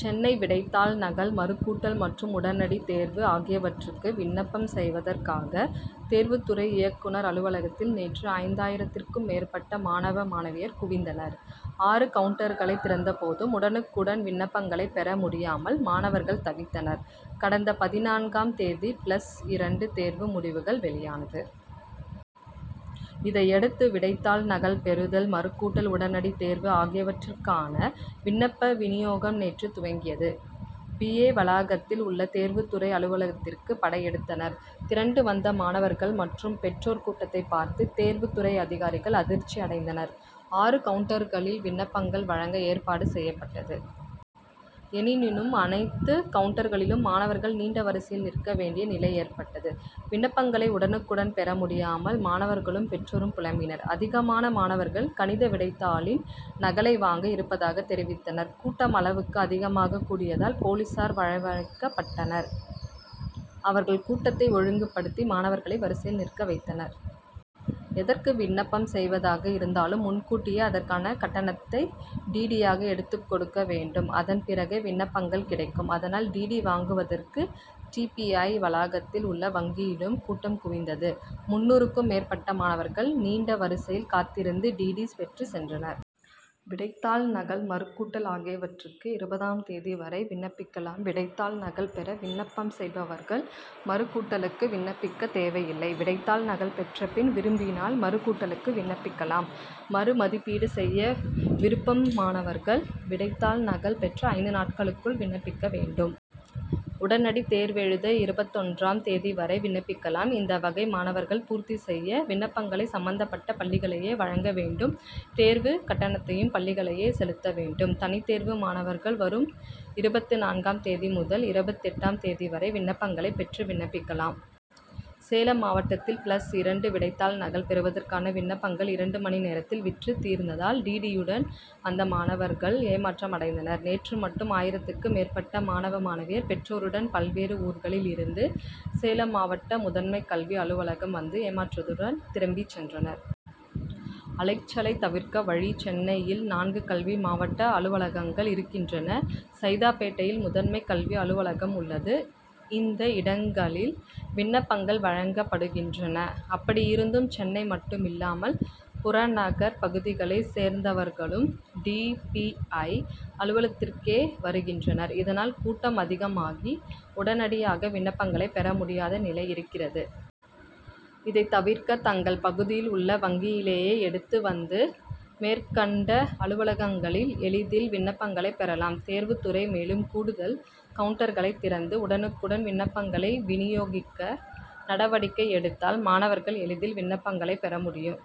சென்னை விடைத்தாள் நகல் மறுகூட்டல் மற்றும் உடனடித் தேர்வு ஆகியவற்றுக்கு விண்ணப்பம் செய்வதற்காக தேர்வுத் துறை இயக்குனர் அலுவலகத்தில் நேற்று ஐந்தாயிரத்திற்கும் மேற்பட்ட மாணவ மாணவியர் குவிந்தனர். ஆறு கவுன்டர்களை திறந்தபோதும் உடனுக்குடன் விண்ணப்பங்களை பெற முடியாமல் மாணவர்கள் தவித்தனர். கடந்த பதினான்காம் தேதி பிளஸ் இரண்டு தேர்வு முடிவுகள் வெளியானது. இதையடுத்து விடைத்தாள் நகல் பெறுதல் மறுகூட்டல் உடனடித் தேர்வு ஆகியவற்றுக்கான விண்ணப்ப வினியோகம் நேற்று துவங்கியது. பி. ஐ. வளாகத்தில் உள்ள தேர்வுத் துறை அலுவலகத்திற்கு படையெடுத்தனர். திரண்டு வந்த மாணவர்கள் மற்றும் பெற்றோர் கூட்டத்தைப் பார்த்து தேர்வுத் துறை அதிகாரிகள் அதிர்ச்சி அடைந்தனர். ஆறு கவுன்டர்களில் விண்ணப்பங்கள் வழங்க ஏற்பாடு செய்யப்பட்டது. எனினும் அனைத்து கவுன்டர்களிலும் மாணவர்கள் நீண்ட வரிசையில் நிற்க வேண்டிய நிலை ஏற்பட்டது. விண்ணப்பங்களை உடனுக்குடன் பெற முடியாமல் மாணவர்களும் பெற்றோரும் புலம்பினர். அதிகமான மாணவர்கள் கணித விடைத்தாளின் நகலை வாங்க இருப்பதாக தெரிவித்தனர். கூட்டம் அளவுக்கு அதிகமாகக் கூடியதால் போலீசார் வரவழைக்கப்பட்டனர். அவர்கள் கூட்டத்தை ஒழுங்குபடுத்தி மாணவர்களை வரிசையில் நிற்க வைத்தனர். எதற்கு விண்ணப்பம் செய்வதாக இருந்தாலும் முன்கூட்டியே அதற்கான கட்டணத்தை டிடியாக எடுத்துக் கொடுக்க வேண்டும். அதன் பிறகே விண்ணப்பங்கள் கிடைக்கும். அதனால் டிடி வாங்குவதற்கு டி. பி. ஐ. வளாகத்தில் உள்ள வங்கியிலும் கூட்டம் குவிந்தது. முந்நூறுக்கும் மேற்பட்ட மாணவர்கள் நீண்ட வரிசையில் காத்திருந்து டிடி பெற்றுச் சென்றனர். விடைத்தாள் நகல் மறுகூட்டல் ஆகியவற்றுக்கு இருபதாம் தேதி வரை விண்ணப்பிக்கலாம். விடைத்தாள் நகல் பெற விண்ணப்பம் செய்பவர்கள் மறுகூட்டலுக்கு விண்ணப்பிக்க தேவையில்லை. விடைத்தாள் நகல் பெற்ற பின் விரும்பினால் மறுகூட்டலுக்கு விண்ணப்பிக்கலாம். மறு மதிப்பீடு செய்ய விரும்பும் மாணவர்கள் விடைத்தாள் நகல் பெற்ற ஐந்து நாட்களுக்குள் விண்ணப்பிக்க வேண்டும். உடனடித் தேர்வெழுத இருபத்தொன்றாம் தேதி வரை விண்ணப்பிக்கலாம். இந்த வகை மாணவர்கள் பூர்த்தி செய்த விண்ணப்பங்களை சம்பந்தப்பட்ட பள்ளிகளிலேயே வழங்க வேண்டும். தேர்வுக் கட்டணத்தையும் பள்ளிகளிலேயே செலுத்த வேண்டும். தனித்தேர்வு மாணவர்கள் வரும் இருபத்துநான்காம் தேதி முதல் இருபத்தெட்டாம் தேதி வரை விண்ணப்பங்களை பெற்று விண்ணப்பிக்கலாம். சேலம் மாவட்டத்தில் பிளஸ் இரண்டு விடைத்தாள் நகல் பெறுவதற்கான விண்ணப்பங்கள் இரண்டு மணி நேரத்தில் விற்று தீர்ந்ததால் டிடியுடன் வந்த மாணவர்கள் ஏமாற்றம் அடைந்தனர். நேற்று மட்டும் ஆயிரத்துக்கும் மேற்பட்ட மாணவ மாணவியர் பெற்றோருடன் பல்வேறு ஊர்களில் இருந்து சேலம் மாவட்ட முதன்மைக்கல்வி அலுவலகம் வந்து ஏமாற்றத்துடன் திரும்பி சென்றனர். அலைச்சலை தவிர்க்க வழி சென்னையில் நான்கு கல்வி மாவட்ட அலுவலகங்கள் இருக்கின்றன. சைதாப்பேட்டையில் முதன்மை கல்வி அலுவலகம் உள்ளது. இந்த இடங்களில் விண்ணப்பங்கள் வழங்கப்படுகின்றன. அப்படியிருந்தும் சென்னை மட்டுமில்லாமல் புறநகர்ப் பகுதிகளைச் சேர்ந்தவர்களும் டி. பி. ஐ. அலுவலகத்திற்கே வருகின்றனர். இதனால் கூட்டம் அதிகமாகி உடனடியாக விண்ணப்பங்களை பெற முடியாத நிலை இருக்கிறது. இதை தவிர்க்க தங்கள் பகுதியில் உள்ள வங்கியிலேயே எடுத்து வந்து மேற்கண்ட அலுவலகங்களில் எளிதில் விண்ணப்பங்களை பெறலாம். தேர்வுத் துறை மேலும் கூடுதல் கவுன்டர்களை திறந்து உடனுக்குடன் விண்ணப்பங்களை வினியோகிக்க நடவடிக்கை எடுத்தால் மாணவர்கள் எளிதில் விண்ணப்பங்களை பெற முடியும்.